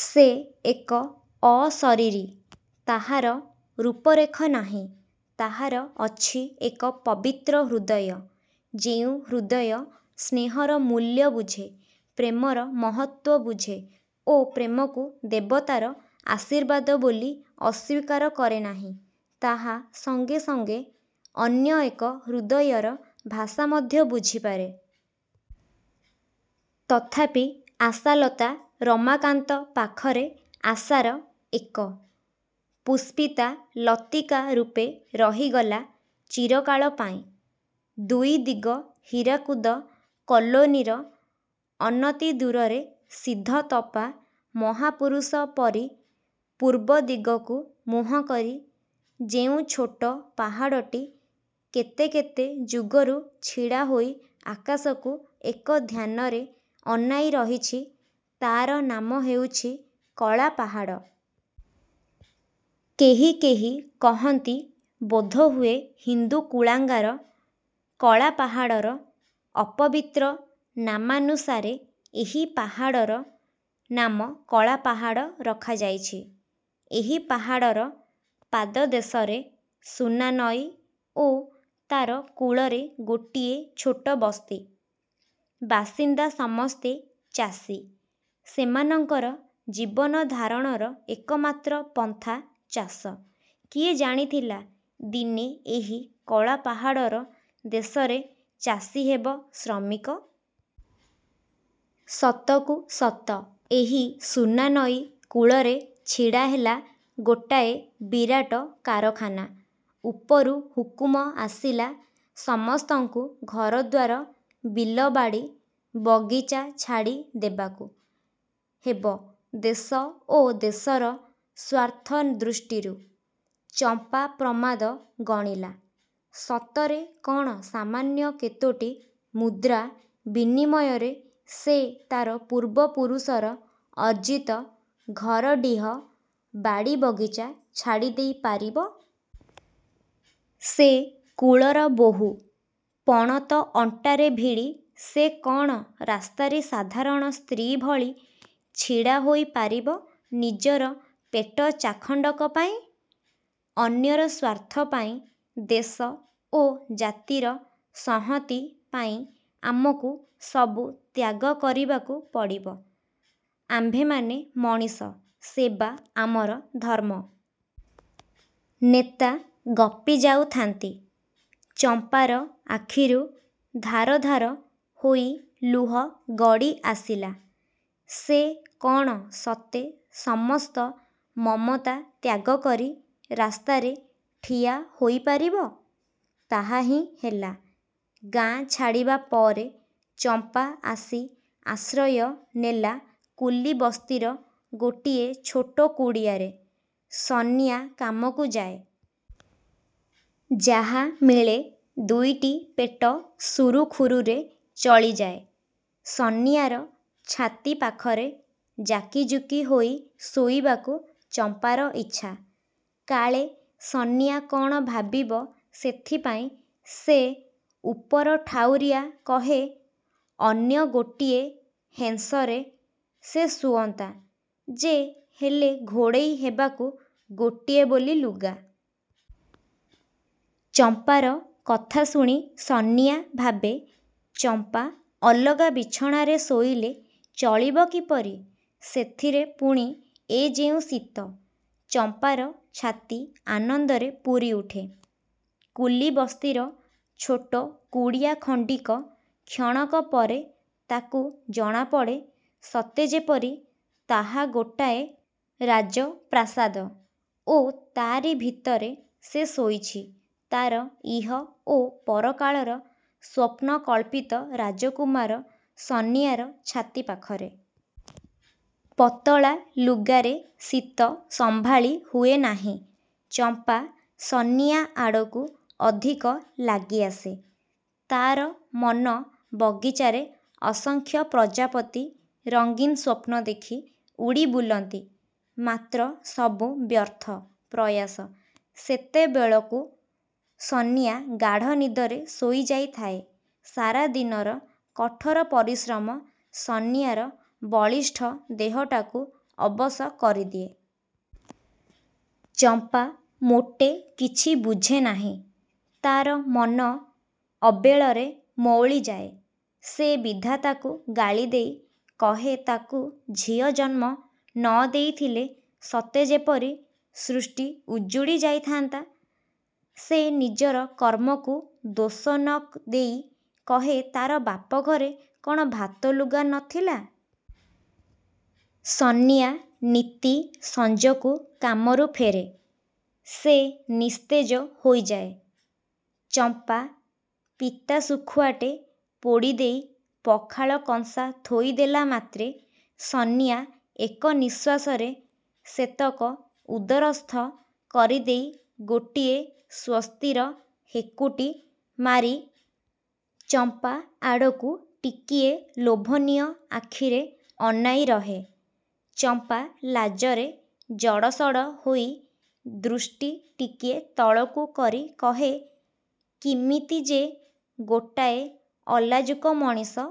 ସେ ଏକ ଅଶରୀରୀ। ତାହାର ରୂପରେଖ ନାହିଁ। ତାହାର ଅଛି ଏକ ପବିତ୍ର ହୃଦୟ, ଯେଉଁ ହୃଦୟ ସ୍ନେହର ମୂଲ୍ୟ ବୁଝେ, ପ୍ରେମର ମହତ୍ତ୍ଵ ବୁଝେ ଓ ପ୍ରେମକୁ ଦେବତାର ଆଶୀର୍ବାଦ ବୋଲି ଅସ୍ୱୀକାର କରେନାହିଁ। ତାହା ସଙ୍ଗେ ସଙ୍ଗେ ଅନ୍ୟଏକ ହୃଦୟର ଭାଷା ମଧ୍ୟ ବୁଝିପାରେ। ତଥାପି ଆଶାଲତା ରମାକାନ୍ତ ପାଖରେ ଆଶାର ଏକ। ପୁଷ୍ପିତା ଲତିକାରୂପେ ରହିଗଲା ଚିରକାଳ ପାଇଁ। ଦୁଇ ଦିଗ ହୀରାକୁଦ କଲୋନିର ଅନତିଦୂରରେ ସିଦ୍ଧତପା ମହାପୁରୁଷ ପରି ପୂର୍ବଦିଗକୁ ମୁହଁକରି ଯେଉଁ ଛୋଟ ପାହାଡ଼ଟି କେତେକେତେ ଯୁଗରୁ ଛିଡ଼ାହୋଇ ଆକାଶକୁ ଏକ ଧ୍ୟାନରେ ଅନାଇ ରହିଛି ତା'ର ନାମ ହେଉଛି 'କଳାପାହାଡ଼'। କେହି କେହି କହନ୍ତି ବୋଧହୁଏ ହିନ୍ଦୁ କୁଳାଙ୍ଗାର କଳାପାହାଡ଼ର ଅପବିତ୍ର ନାମାନୁସାରେ ଏହି ପାହାଡ଼ର ନାମ କଳାପାହାଡ଼ ରଖାଯାଇଛି। ଏହି ପାହାଡ଼ର ପାଦଦେଶରେ ସୁନାନଈ ଓ ତା'ର କୂଳରେ ଗୋଟିଏ ଛୋଟ ବସ୍ତି। ବାସିନ୍ଦା ସମସ୍ତେ ଚାଷୀ। ସେମାନଙ୍କର ଜୀବନଧାରଣର ଏକମାତ୍ର ପନ୍ଥା ଚାଷ। କିଏ ଜାଣିଥିଲା ଦିନେ ଏହି କଳାପାହାଡ଼ର ଦେଶରେ ଚାଷୀ ହେବ ଶ୍ରମିକ? ସତକୁ ସତ ଏହି ସୁନାନଈ କୂଳରେ ଛିଡ଼ାହେଲା ଗୋଟାଏ ବିରାଟ କାରଖାନା। ଉପରୁ ହୁକୁମ ଆସିଲା ସମସ୍ତଙ୍କୁ ଘରଦ୍ୱାର, ବିଲବାଡ଼ି, ବଗିଚା ଛାଡ଼ି ଦେବାକୁ ହେବ ଦେଶ ଓ ଦେଶର ସ୍ୱାର୍ଥ ଦୃଷ୍ଟିରୁ। ଚମ୍ପା ପ୍ରମାଦ ଗଣିଲା। ସତରେ କ'ଣ ସାମାନ୍ୟ କେତୋଟି ମୁଦ୍ରା ବିନିମୟରେ ସେ ତା'ର ପୂର୍ବପୁରୁଷର ଅର୍ଜିତ ଘରଡିହ, ବାଡ଼ିବଗିଚା ଛାଡ଼ିଦେଇ ପାରିବ? ସେ କୁଳର ବୋହୂ। ପଣତ ଅଣ୍ଟାରେ ଭିଡ଼ି ସେ କ'ଣ ରାସ୍ତାରେ ସାଧାରଣ ସ୍ତ୍ରୀ ଭଳି ଛିଡ଼ାହୋଇପାରିବ ନିଜର ପେଟ ଚାଖଣ୍ଡକ ପାଇଁ? ''ଅନ୍ୟର ସ୍ୱାର୍ଥ ପାଇଁ, ଦେଶ ଓ ଜାତିର ସଂହତି ପାଇଁ ଆମକୁ ସବୁ ତ୍ୟାଗ କରିବାକୁ ପଡ଼ିବ। ଆମ୍ଭେମାନେ ମଣିଷ। ସେବା ଆମର ଧର୍ମ। '' ନେତା ଗପିଯାଉଥାନ୍ତି। ଚମ୍ପାର ଆଖିରୁ ଧାର ଧାର ହୋଇ ଲୁହ ଗଡ଼ିଆସିଲା। ସେ କ'ଣ ସତେ ସମସ୍ତ ମମତା ତ୍ୟାଗକରି ରାସ୍ତାରେ ଠିଆ ହୋଇପାରିବ? ତାହାହିଁ ହେଲା। ଗାଁ ଛାଡ଼ିବାପରେ ଚମ୍ପା ଆସି ଆଶ୍ରୟ ନେଲା କୁଲିବସ୍ତିର ଗୋଟିଏ ଛୋଟ କୁଡ଼ିଆରେ। ସନିଆ କାମକୁ ଯାଏ। ଯାହା ମିଳେ ଦୁଇଟି ପେଟ ସୁରୁଖୁରୁରେ ଚଳିଯାଏ। ସନିଆର ଛାତି ପାଖରେ ଯାକିଯୁକି ହୋଇ ଶୋଇବାକୁ ଚମ୍ପାର ଇଚ୍ଛା। କାଳେ ସନିଆ କ'ଣ ଭାବିବ ସେଥିପାଇଁ ସେ ଉପରଠାଉରିଆ କହେ, ''ଅନ୍ୟ ଗୋଟିଏ ହେଁସରେ ସେ ଶୁଅନ୍ତା ଯେ ହେଲେ ଘୋଡ଼େଇ ହେବାକୁ ଗୋଟିଏ ବୋଲି ଲୁଗା। '' ଚମ୍ପାର କଥା ଶୁଣି ସନିଆ ଭାବେ ଚମ୍ପା ଅଲଗା ବିଛଣାରେ ଶୋଇଲେ ଚଳିବ କିପରି-? ସେଥିରେ ପୁଣି ଏ ଯେଉଁ ଶୀତ। ଚମ୍ପାର ଛାତି ଆନନ୍ଦରେ ପୂରିଉଠେ। କୁଲିବସ୍ତିର ଛୋଟ କୁଡ଼ିଆଖଣ୍ଡିକ କ୍ଷଣକପରେ ତାକୁ ଜଣାପଡ଼େ ସତେଯେପରି ତାହା ଗୋଟାଏ ରାଜପ୍ରାସାଦ ଓ ତାରି ଭିତରେ ସେ ଶୋଇଛି ତା'ର ଇହ ଓ ପରକାଳର ସ୍ୱପ୍ନକଳ୍ପିତ ରାଜକୁମାର ସନିଆର ଛାତି ପାଖରେ। ପତଳା ଲୁଗାରେ ଶୀତ ସମ୍ଭାଳି ହୁଏ ନାହିଁ। ଚମ୍ପା ସନିଆ ଆଡ଼କୁ ଅଧିକ ଲାଗିଆସେ। ତା'ର ମନ ବଗିଚାରେ ଅସଂଖ୍ୟ ପ୍ରଜାପତି ରଙ୍ଗିନ୍ ସ୍ୱପ୍ନଦେଖି ଉଡ଼ିବୁଲନ୍ତି। ମାତ୍ର ସବୁ ବ୍ୟର୍ଥ ପ୍ରୟାସ। ସେତେବେଳକୁ ସନିଆ ଗାଢ଼ନିଦରେ ଶୋଇଯାଇଥାଏ। ସାରାଦିନର କଠୋର ପରିଶ୍ରମ ସନିଆର ବଳିଷ୍ଠ ଦେହଟାକୁ ଅବଶ କରିଦିଏ। ଚମ୍ପା ମୋଟେ କିଛି ବୁଝେ ନାହିଁ। ତା'ର ମନ ଅବେଳରେ ମଉଳିଯାଏ। ସେ ବିଧାତାକୁ ଗାଳିଦେଇ କହେ ତାକୁ ଝିଅ ଜନ୍ମ ନ ଦେଇଥିଲେ ସତେଯେପରି ସୃଷ୍ଟି ଉଜୁଡ଼ି ଯାଇଥାନ୍ତା। ସେ ନିଜର କର୍ମକୁ ଦୋଷ ନ ଦେଇ କହେ ତା'ର ବାପଘରେ କ'ଣ ଭାତଲୁଗା ନ ଥିଲା? ସନିଆ ନିତି ସଞ୍ଜକୁ କାମରୁ ଫେରେ। ସେ ନିସ୍ତେଜ ହୋଇଯାଏ। ଚମ୍ପା ପିତାଶୁଖୁଆଟେ ପୋଡ଼ିଦେଇ ପଖାଳ କଂସା ଥୋଇଦେଲା ମାତ୍ରେ ସନିଆ ଏକ ନିଶ୍ୱାସରେ ସେତକ ଉଦରସ୍ଥ କରିଦେଇ ଗୋଟିଏ ସ୍ୱସ୍ତିର ହେକୁଟି ମାରି ଚମ୍ପା ଆଡ଼କୁ ଟିକିଏ ଲୋଭନୀୟ ଆଖିରେ ଅନାଇ ରହେ। ଚମ୍ପା ଲାଜରେ ଜଡ଼ ସଡ଼ ହୋଇ ଦୃଷ୍ଟି ଟିକିଏ ତଳକୁ କରି କହେ ''କିମିତି ଯେ ଗୋଟାଏ ଅଲାଜୁକ ମଣିଷ।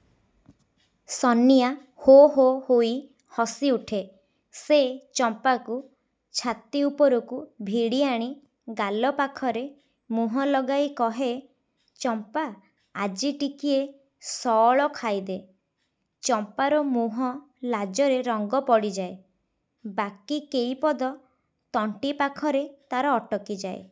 '' ସନିଆ ହୋହୋ ହୋଇ ହସିଉଠେ। ସେ ଚମ୍ପାକୁ ଛାତି ଉପରକୁ ଭିଡ଼ିଆଣି ଗାଲପାଖରେ ମୁହଁ ଲଗାଇ କହେ ''ଚମ୍ପା ଆଜି ଟିକିଏ ସଅଳ ଖାଇଦେ। '' ଚମ୍ପାର ମୁହଁ ଲାଜରେ ରଙ୍ଗ ପଡ଼ି ଯାଏ। '' ବାକି କେଇପଦ ତଣ୍ଟିପାଖରେ ତା'ର ଅଟକି ଯାଏ।